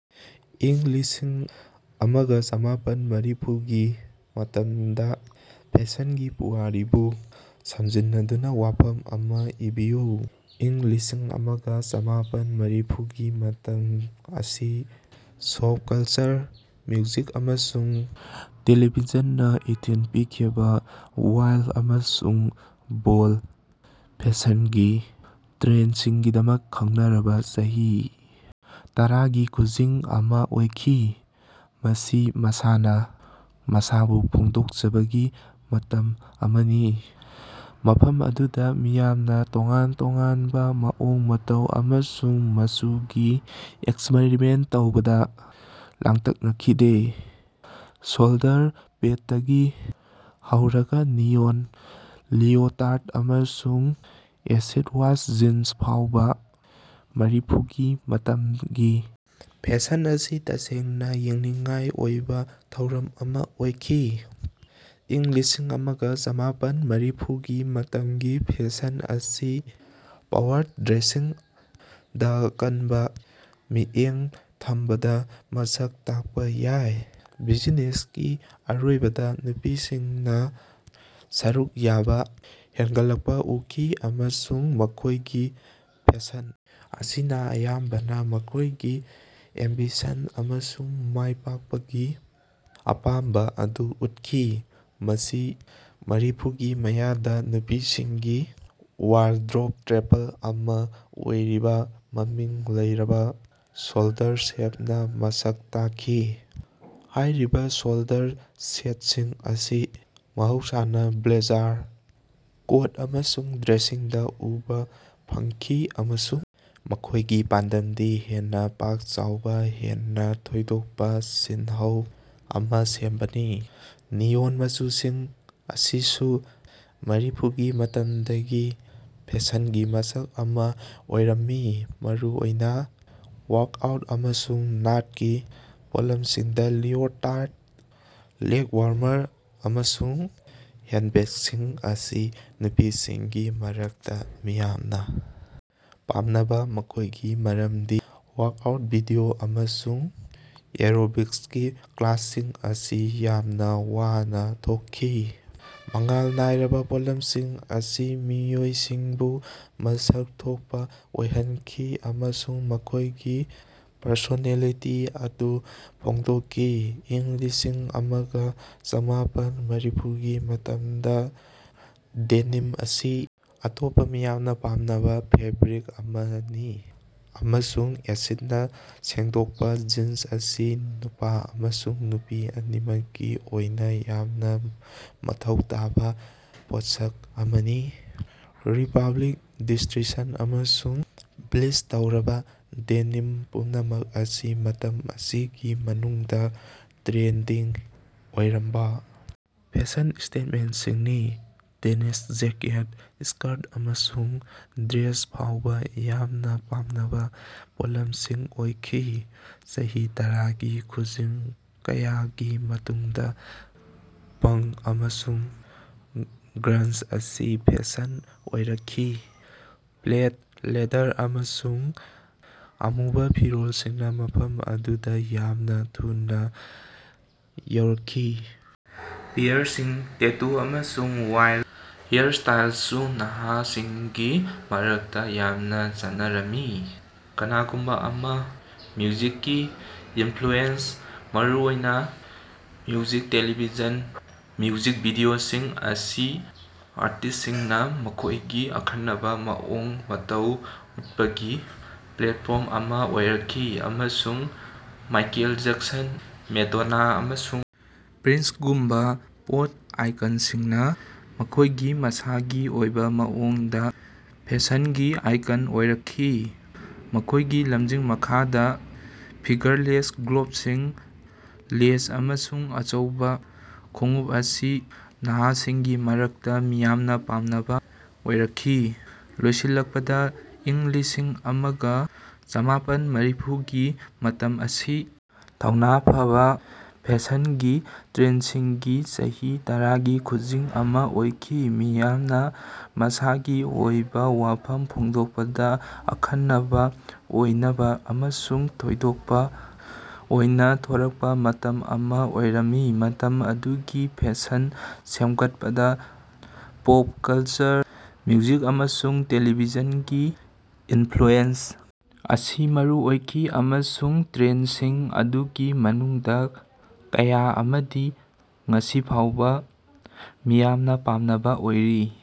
ꯏꯪ ꯂꯤꯁꯤꯡ ꯑꯃꯒ ꯆꯃꯥꯄꯟ ꯃꯔꯤꯐꯨꯒꯤ ꯃꯇꯝꯗ ꯐꯦꯁꯟꯒꯤ ꯄꯨꯋꯥꯔꯤꯕꯨ ꯁꯝꯖꯤꯟꯅꯗꯨꯅ ꯋꯥꯐꯝ ꯑꯃꯥ ꯏꯕꯤꯌꯨ꯫ ꯏꯪ ꯂꯤꯁꯤꯡ ꯑꯃꯒ ꯆꯃꯥꯄꯟ ꯃꯔꯤꯐꯨꯒꯤ ꯃꯇꯝ ꯑꯁꯤ ꯄꯣꯞ ꯀꯜꯆꯔ, ꯃ꯭ꯌꯨꯖꯤꯛ ꯑꯃꯁꯨꯡ ꯇꯦꯂꯤꯚꯤꯖꯟꯅ ꯏꯊꯤꯜ ꯄꯤꯈꯤꯕ ꯋꯥꯏꯜꯗ ꯑꯃꯁꯨꯡ ꯕꯣꯜꯗ ꯐꯦꯁꯟꯒꯤ ꯇ꯭ꯔꯦꯟꯗꯁꯤꯡꯒꯤꯗꯃꯛ ꯈꯪꯅꯔꯕ ꯆꯍꯤ ꯇꯔꯥꯒꯤ ꯈꯨꯖꯤꯡ ꯑꯃ ꯑꯣꯏꯈꯤ꯫ ꯃꯁꯤ ꯃꯁꯥꯅ ꯃꯁꯥꯕꯨ ꯐꯣꯡꯗꯣꯛꯆꯕꯒꯤ ꯃꯇꯝ ꯑꯃꯅꯤ꯫ ꯃꯐꯝ ꯑꯗꯨꯗ ꯃꯤꯌꯥꯝꯅ ꯇꯣꯉꯥꯟ-ꯇꯣꯉꯥꯟꯕ ꯃꯑꯣꯡ ꯃꯇꯧ ꯑꯃꯁꯨꯡ ꯃꯆꯨꯒꯤ ꯑꯦꯛꯁꯄꯤꯔꯤꯃꯦꯟꯇ ꯇꯧꯕꯗ ꯂꯥꯡꯇꯛꯅꯈꯤꯗꯦ꯫ ꯁꯣꯜꯗꯔ ꯄꯦꯗꯇꯒꯤ ꯍꯧꯔꯒ ꯅꯤꯑꯣꯟ ꯂꯤꯑꯣꯇꯥꯔꯗ ꯑꯃꯁꯨꯡ ꯑꯦꯁꯤꯗ ꯋꯥꯁ ꯖꯤꯟꯁ ꯐꯥꯎꯕ, ꯃꯔꯤꯐꯨꯒꯤ ꯃꯇꯝꯒꯤ ꯐꯦꯁꯟ ꯑꯁꯤ ꯇꯁꯦꯡꯅ ꯌꯦꯡꯅꯤꯡꯉꯥꯏ ꯑꯣꯏꯕ ꯊꯧꯔꯝ ꯑꯃ ꯑꯣꯏꯈꯤ꯫ꯏꯪ ꯂꯤꯁꯤꯡ ꯑꯃꯒ ꯆꯃꯥꯄꯟ ꯃꯔꯤꯐꯨꯒꯤ ꯃꯇꯝꯒꯤ ꯐꯦꯁꯟ ꯑꯁꯤ ꯄꯥꯋꯔ ꯗ꯭ꯔꯦꯁꯤꯡꯗ ꯑꯀꯟꯕ ꯃꯤꯠꯌꯦꯡ ꯊꯝꯕꯅ ꯃꯁꯛ ꯇꯥꯛꯄ ꯌꯥꯏ꯫ ꯕꯤꯖꯤꯅꯦꯁꯀꯤ ꯑꯀꯣꯏꯕꯗ ꯅꯨꯄꯤꯁꯤꯡꯅ ꯁꯔꯨꯛ ꯌꯥꯕ ꯍꯦꯟꯒꯠꯂꯛꯄ ꯎꯈꯤ ꯑꯃꯁꯨꯡ ꯃꯈꯣꯏꯒꯤ ꯐꯦꯁꯟ ꯑꯁꯤꯅ ꯑꯌꯥꯝꯕꯅ ꯃꯈꯣꯏꯒꯤ ꯑꯦꯝꯕꯤꯁꯟ ꯑꯃꯁꯨꯡ ꯃꯥꯏꯄꯥꯛꯄꯒꯤ ꯑꯄꯥꯝꯕ ꯑꯗꯨ ꯎꯠꯈꯤ꯫ ꯃꯁꯤ ꯃꯔꯤꯐꯨꯒꯤ ꯃꯌꯥꯗ ꯅꯨꯄꯤꯁꯤꯡꯒꯤ ꯋꯥꯔꯗ꯭ꯔꯣꯕ ꯁ꯭ꯇꯦꯄꯜ ꯑꯃ ꯑꯣꯏꯔꯤꯕ ꯃꯃꯤꯡ ꯂꯩꯔꯕ ꯁꯣꯜꯗꯔ-ꯄꯦꯗꯅ ꯃꯁꯛ ꯇꯥꯛꯈꯤ꯫ ꯍꯥꯏꯔꯤꯕ ꯁꯣꯜꯗꯔ-ꯄꯦꯗꯁꯤꯡ ꯑꯁꯤ ꯃꯍꯧꯁꯥꯅ ꯕ꯭ꯂꯦꯖꯥꯔ, ꯀꯣꯠ ꯑꯃꯁꯨꯡ ꯗ꯭ꯔꯦꯁꯁꯤꯡꯗ ꯎꯕ ꯐꯪꯈꯤ ꯑꯃꯁꯨꯡ ꯃꯈꯣꯏꯒꯤ ꯄꯥꯟꯗꯝꯗꯤ ꯍꯦꯟꯅ ꯄꯥꯛ ꯆꯥꯎꯕ, ꯍꯦꯟꯅ ꯊꯣꯏꯗꯣꯛꯄ ꯁꯤꯜꯍꯧ ꯑꯃ ꯁꯦꯝꯕꯅꯤ꯫ ꯅꯤꯑꯣꯟ ꯃꯆꯨꯁꯤꯡ ꯑꯁꯤꯁꯨ ꯃꯔꯤꯐꯨꯒꯤ ꯃꯇꯝꯒꯤ ꯐꯦꯁꯟꯒꯤ ꯃꯁꯛ ꯑꯃ ꯑꯣꯏꯔꯝꯃꯤ꯫ ꯃꯔꯨꯑꯣꯏꯅ ꯋꯥꯔꯛꯑꯥꯎꯠ ꯑꯃꯁꯨꯡ ꯅꯥꯠꯀꯤ ꯄꯣꯠꯂꯝꯁꯤꯡꯗ ꯂꯤꯑꯣꯇꯥꯔꯗ, ꯂꯦꯒ ꯋꯥꯔꯃꯔ ꯑꯃꯁꯨꯡ ꯍꯦꯗꯕꯦꯟꯗꯁꯤꯡ ꯑꯁꯤ ꯅꯨꯄꯤꯁꯤꯡꯒꯤ ꯃꯔꯛꯇ ꯃꯤꯌꯥꯝꯅ ꯄꯥꯝꯅꯕ ꯑꯣꯏꯈꯤ ꯃꯔꯝꯗꯤ ꯋꯥꯔꯛꯑꯥꯎꯠ ꯚꯤꯗꯤꯑꯣ ꯑꯃꯁꯨꯡ ꯑꯦꯔꯣꯕꯤꯛꯁꯀꯤ ꯀ꯭ꯂꯥꯁꯁꯤꯡ ꯑꯁꯤ ꯌꯥꯝꯅ ꯋꯥꯅ ꯊꯣꯛꯈꯤ꯫ ꯃꯉꯥꯜ ꯅꯥꯏꯔꯕ ꯄꯣꯠꯂꯝꯁꯤꯡ ꯑꯁꯤꯅ ꯃꯤꯑꯣꯏꯁꯤꯡꯕꯨ ꯃꯁꯛ ꯊꯣꯛꯄ ꯑꯣꯏꯍꯟꯈꯤ ꯑꯃꯁꯨꯡ ꯃꯈꯣꯏꯒꯤ ꯄꯔꯁꯣꯅꯦꯜꯂꯤꯇꯤ ꯑꯗꯨ ꯐꯣꯡꯗꯣꯛꯈꯤ꯫ ꯏꯪ ꯂꯤꯁꯤꯡ ꯑꯃꯒ ꯆꯃꯥꯄꯟ ꯃꯔꯤꯐꯨꯒꯤ ꯃꯇꯝꯗ ꯗꯦꯅꯤꯝ ꯑꯁꯤ ꯑꯇꯣꯞꯄ ꯃꯤꯌꯥꯝꯅ ꯄꯥꯝꯅꯕ ꯐꯦꯕ꯭ꯔꯤꯛ ꯑꯃꯅꯤ ꯑꯃꯁꯨꯡ ꯑꯦꯁꯤꯗꯅ ꯁꯦꯡꯗꯣꯛꯄ ꯖꯤꯟꯁ ꯑꯁꯤ ꯅꯨꯄꯥ ꯑꯃꯁꯨꯡ ꯅꯨꯄꯤ ꯑꯅꯤꯃꯛꯀꯤ ꯑꯣꯏꯅ ꯌꯥꯝꯅ ꯃꯊꯧ ꯇꯥꯕ ꯄꯣꯠꯁꯛ ꯑꯃꯅꯤ꯫ ꯔꯤꯄꯕ꯭ꯂꯤꯛ, ꯗꯤꯁꯇ꯭ꯔꯤꯁꯟ ꯑꯃꯁꯨꯡ ꯕ꯭ꯂꯤꯆ ꯇꯧꯔꯕ ꯗꯦꯅꯤꯝ ꯄꯨꯝꯅꯃꯛ ꯑꯁꯤ ꯃꯇꯝ ꯑꯁꯤꯒꯤ ꯃꯅꯨꯡꯗ ꯇ꯭ꯔꯦꯟꯗꯤ ꯑꯣꯏꯔꯝꯕ ꯐꯦꯁꯟ ꯁ꯭ꯇꯦꯠꯃꯦꯟꯇꯁꯤꯡꯅꯤ꯫ ꯗꯦꯅꯤꯁ ꯖꯦꯀꯦꯠ, ꯁ꯭ꯀꯔꯠ ꯑꯃꯁꯨꯡ ꯗ꯭ꯔꯦꯁ ꯐꯥꯎꯕ ꯌꯥꯝꯅ ꯄꯥꯝꯅꯕ ꯄꯣꯠꯂꯝꯁꯤꯡ ꯑꯣꯏꯈꯤ꯫ ꯆꯍꯤ ꯇꯔꯥꯒꯤ ꯈꯨꯖꯤꯡ ꯀꯌꯥꯒꯤ ꯃꯇꯨꯡꯗ ꯄꯪꯀ ꯑꯃꯁꯨꯡ ꯒ꯭ꯔꯟꯖ ꯑꯁꯤ ꯐꯦꯁꯟ ꯑꯣꯏꯔꯛꯈꯤ꯫ ꯄ꯭ꯂꯦꯗ, ꯂꯦꯗꯔ ꯑꯃꯁꯨꯡ ꯑꯃꯨꯕ ꯐꯤꯔꯣꯜꯁꯤꯡꯅ ꯃꯐꯝ ꯑꯗꯨꯗ ꯌꯥꯝꯅ ꯊꯨꯅ ꯌꯥꯎꯔꯛꯈꯤ꯫ ꯄꯤꯌꯔꯁꯤꯡ, ꯇꯦꯇꯨ ꯑꯃꯁꯨꯡ ꯋꯥꯏꯜꯗ ꯍꯤꯌꯔꯁ꯭ꯇꯥꯏꯜꯁꯨ ꯅꯍꯥꯁꯤꯡꯒꯤ ꯃꯔꯛꯇ ꯌꯥꯝꯅ ꯆꯠꯅꯔꯝꯃꯤ꯫ ꯀꯅꯥꯒꯨꯝꯕ ꯑꯃꯅ ꯃ꯭ꯌꯨꯖꯤꯛꯀꯤ ꯏꯟꯐ꯭ꯂꯨꯑꯦꯟꯁ, ꯃꯔꯨꯑꯣꯏꯅ ꯃ꯭ꯌꯨꯖꯤꯛ ꯇꯦꯂꯤꯚꯤꯖꯟ ꯃ꯭ꯌꯨꯖꯤꯛ ꯚꯤꯗꯤꯑꯣꯁꯤꯡ ꯑꯁꯤ ꯑꯥꯔꯇꯤꯁꯠꯁꯤꯡꯅ ꯃꯈꯣꯏꯒꯤ ꯑꯈꯟꯅꯕ ꯃꯑꯣꯡ ꯃꯇꯧ ꯎꯠꯄꯒꯤ ꯄ꯭ꯂꯦꯠꯐꯣꯔꯝ ꯑꯃ ꯑꯣꯏꯔꯛꯈꯤ ꯑꯃꯁꯨꯡ ꯃꯥꯏꯀꯦꯜ ꯖꯦꯛꯁꯟ, ꯃꯦꯗꯣꯅꯥ ꯑꯃꯁꯨꯡ ꯄ꯭ꯔꯤꯟꯁꯒꯨꯝꯕ ꯄꯣꯞ ꯑꯥꯏꯀꯟꯁꯤꯡꯅ ꯃꯈꯣꯏꯒꯤ ꯃꯁꯥꯒꯤ ꯑꯣꯏꯕ ꯃꯑꯣꯡꯗ ꯐꯦꯁꯟꯒꯤ ꯑꯥꯏꯀꯟ ꯑꯣꯏꯔꯛꯈꯤ꯫ ꯃꯈꯣꯏꯒꯤ ꯂꯝꯖꯤꯡ ꯃꯈꯥꯗ ꯐꯤꯒꯔꯂꯦꯁ ꯒ꯭ꯂꯣꯕꯁꯤꯡ, ꯂꯦꯁ ꯑꯃꯁꯨꯡ ꯑꯆꯧꯕ ꯈꯣꯡꯎꯞ ꯑꯁꯤ ꯅꯍꯥꯁꯤꯡꯒꯤ ꯃꯔꯛꯇ ꯃꯤꯌꯥꯝꯅ ꯄꯥꯝꯅꯕ ꯑꯣꯏꯔꯛꯈꯤ꯫ ꯂꯣꯏꯁꯤꯜꯂꯛꯄꯗ, ꯏꯪ ꯂꯤꯁꯤꯡ ꯑꯃꯒ ꯆꯃꯥꯄꯟ ꯃꯔꯤꯐꯨꯒꯤ ꯃꯇꯝ ꯑꯁꯤ ꯊꯧꯅꯥ ꯐꯕ ꯐꯦꯁꯟꯒꯤ ꯇ꯭ꯔꯦꯟꯗꯁꯤꯡꯒꯤ ꯆꯍꯤ ꯇꯔꯥꯒꯤ ꯈꯨꯖꯤꯡ ꯑꯃ ꯑꯣꯏꯈꯤ꯫ ꯃꯤꯌꯥꯝꯅ ꯃꯁꯥꯒꯤ ꯑꯣꯏꯕ ꯋꯥꯐꯝ ꯐꯣꯡꯗꯣꯛꯄꯗ ꯑꯈꯟꯅꯕ ꯑꯣꯏꯅꯕ ꯑꯃꯁꯨꯡ ꯊꯣꯏꯗꯣꯛꯄ ꯑꯣꯏꯅ ꯊꯣꯔꯛꯄ ꯃꯇꯝ ꯑꯃ ꯑꯣꯏꯔꯝꯃꯤ꯫ ꯃꯇꯝ ꯑꯗꯨꯒꯤ ꯐꯦꯁꯟ ꯁꯦꯝꯒꯠꯄꯗ ꯄꯣꯞ ꯀꯜꯆꯔ, ꯃ꯭ꯌꯨꯖꯤꯛ ꯑꯃꯁꯨꯡ ꯇꯦꯂꯤꯚꯤꯖꯟꯒꯤ ꯏꯟꯐ꯭ꯂꯨꯑꯦꯟꯁ ꯑꯁꯤ ꯃꯔꯨ ꯑꯣꯏꯈꯤ ꯑꯃꯁꯨꯡ ꯇ꯭ꯔꯦꯟꯗꯁꯤꯡ ꯑꯗꯨꯒꯤ ꯃꯅꯨꯡꯗ ꯀꯌꯥ ꯑꯃꯗꯤ ꯉꯁꯤ ꯐꯥꯎꯕ ꯃꯤꯌꯥꯝꯅ ꯄꯥꯝꯅꯕ ꯑꯣꯏꯔꯤ꯫